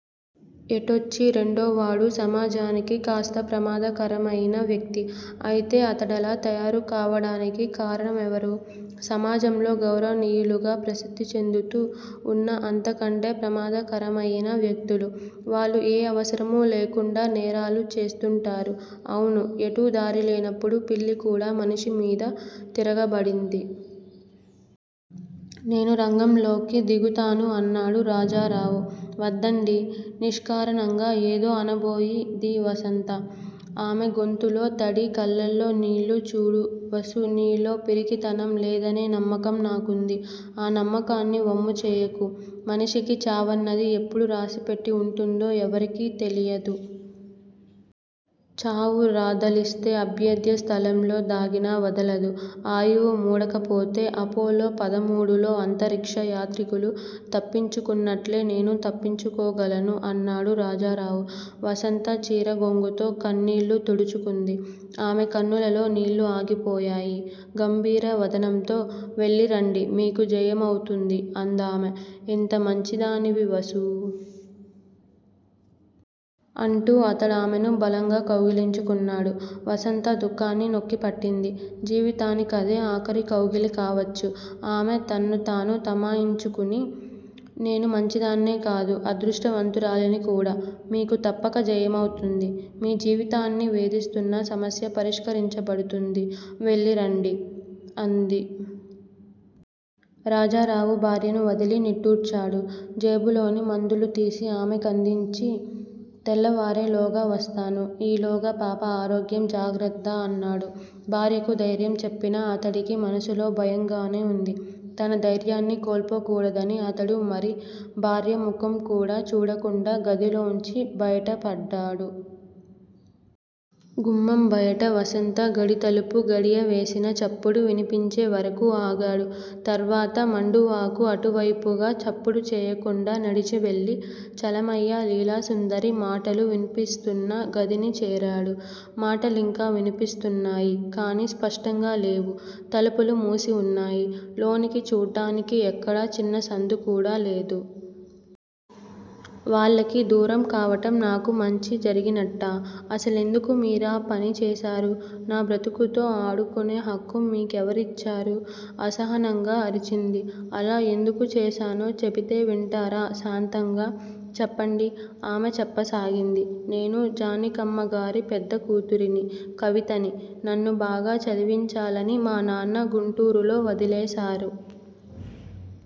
ఎటొచ్చీ రెండోవాడు సమాజనికి కాస్త ప్రమాదకరమయిన వ్యక్తి. అయితే అతడలా తయారు కావడానికి కారణమెవరు? సమాజంలో గౌరవనీయులుగా ప్రసిద్ధి చెందుతూ ఉన్న అంతకంటే ప్రమాదకరమయిన వ్యక్తులు, వాళ్ళు ఏ అవసరమూ లేకుండా నేరాలు చేస్తూంటారు. అవును. ఎటూ దారిలేనప్పుడు పిల్లి కూడా మనిషి మీద తిరగబడింది. నేను రంగంలోకి దిగుతాను అన్నాడు రాజారావు. వద్దండీ _ నిష్కారణంగా ఏదో అనబోయి ది వసంత. ఆమె గొంతులో తడి, కళ్ళలో నీళ్ళు చూడు వసూ! నీలో పిరికితనం లేదనే నమ్మకం నాకుంది. ఆ నమ్మకాన్ని వమ్ముచేయకు. మనిషికి చావన్నది ఎప్పుడు రాసిపెట్టి ఉంటుందో ఎవరికీ తెలియదు. చావు రాదలిస్తే అభేద్యస్థలంలో దాగినా వదలదు. ఆయువు మూడకపొతే _ అపోలో పదమూడులో అంతరిక్ష యాత్రికులు తప్పించుకున్నట్ట్లే నేనూ తప్పించుకోగలను అన్నాడు రాజారావు. వసంత చీరగోంగుతో కన్నీళ్ళు తుడుచుకుంది ఆమె కనులలో నీళ్ళు ఆగిపోయాయి. గంభీర వదనంతో __ వెళ్ళిరండి! మీకు జయమవుతుంది! అందామె. ఎంత మంచిదానివి వసూ! అంటూ అతడామెను బలంగా కౌగలించుకున్నాడు. వసంత దుఃఖాన్ని నొక్కిపట్టింది. జీవితానికదే ఆఖరి కౌగలి కావచ్చు. ఆమె తన్ను తాను తమాయించుకుని __ నెను మంచిదాన్నే కాదు __ అదృష్టవంతురాలిని కూడా. మీకు తప్పక జయమవుతుంది. మీ జీవితాన్ని వేధిస్తున్న సమస్య పరిష్కరించబడుతుంది. వెళ్ళిరండి __ అంది. రాజారావు భార్యను వదిలి నిట్టూర్చాడు. జేబులోని మందులు తీసి అమెకందించి _ తెల్లవారేలోగా వస్తాను. ఈలోగా పాప ఆరోగ్యం జాగ్రత్త! అన్నాడు. భార్యకు ధైర్య చెప్పినా అతడికీ మనసులో భయంగానే ఉంది. తన ధైర్యాన్ని కోల్పోకూడదని అతడు మరి భార్య ముఖం కూడా చూడకుండా గదిలోంచి బయటపడ్డాడు. గుమ్మం బయట వసంత గడితలుపు గడియవేసిన చప్పుడు వినిపించే వరకూ ఆగాడు. తర్వాత మండువాకు అటువైపుగా చప్పుడు చేయకుండా నడిచివెళ్ళి చలమయ్య, లీలాసుందరి మాటలు వినిపిస్తున్న గదిని చేరాడు. మాటలింకా వినిపిస్తున్నాయి కానీ స్పష్టంగా లేవు తలుపులు మూసి ఉన్నాయి. లోనికి చూడ్డానికి ఎక్కడా చిన్న సందు కూడా లేదు. వాళ్ళకి దూరం కావటం నాకు మంచి జరిగినట్టా? అసలెందుకు మీరా పని చేశారు? నా బ్రతుకుతో ఆడుకునే హక్కు మీ కెవరిచ్చారు? అసహనంగా అరిచింది. అలా ఎందుకు చేశానో చెబితేవింటారా శాంతంగా! చెప్పండి! ఆమె చెప్పసాగింది. నేను జానికమ్మగారి పెద్దకూతురిని కవితని. నన్ను బాగా చదివించాలని మా నాన్న గుంటూరులో వదిలేశారు.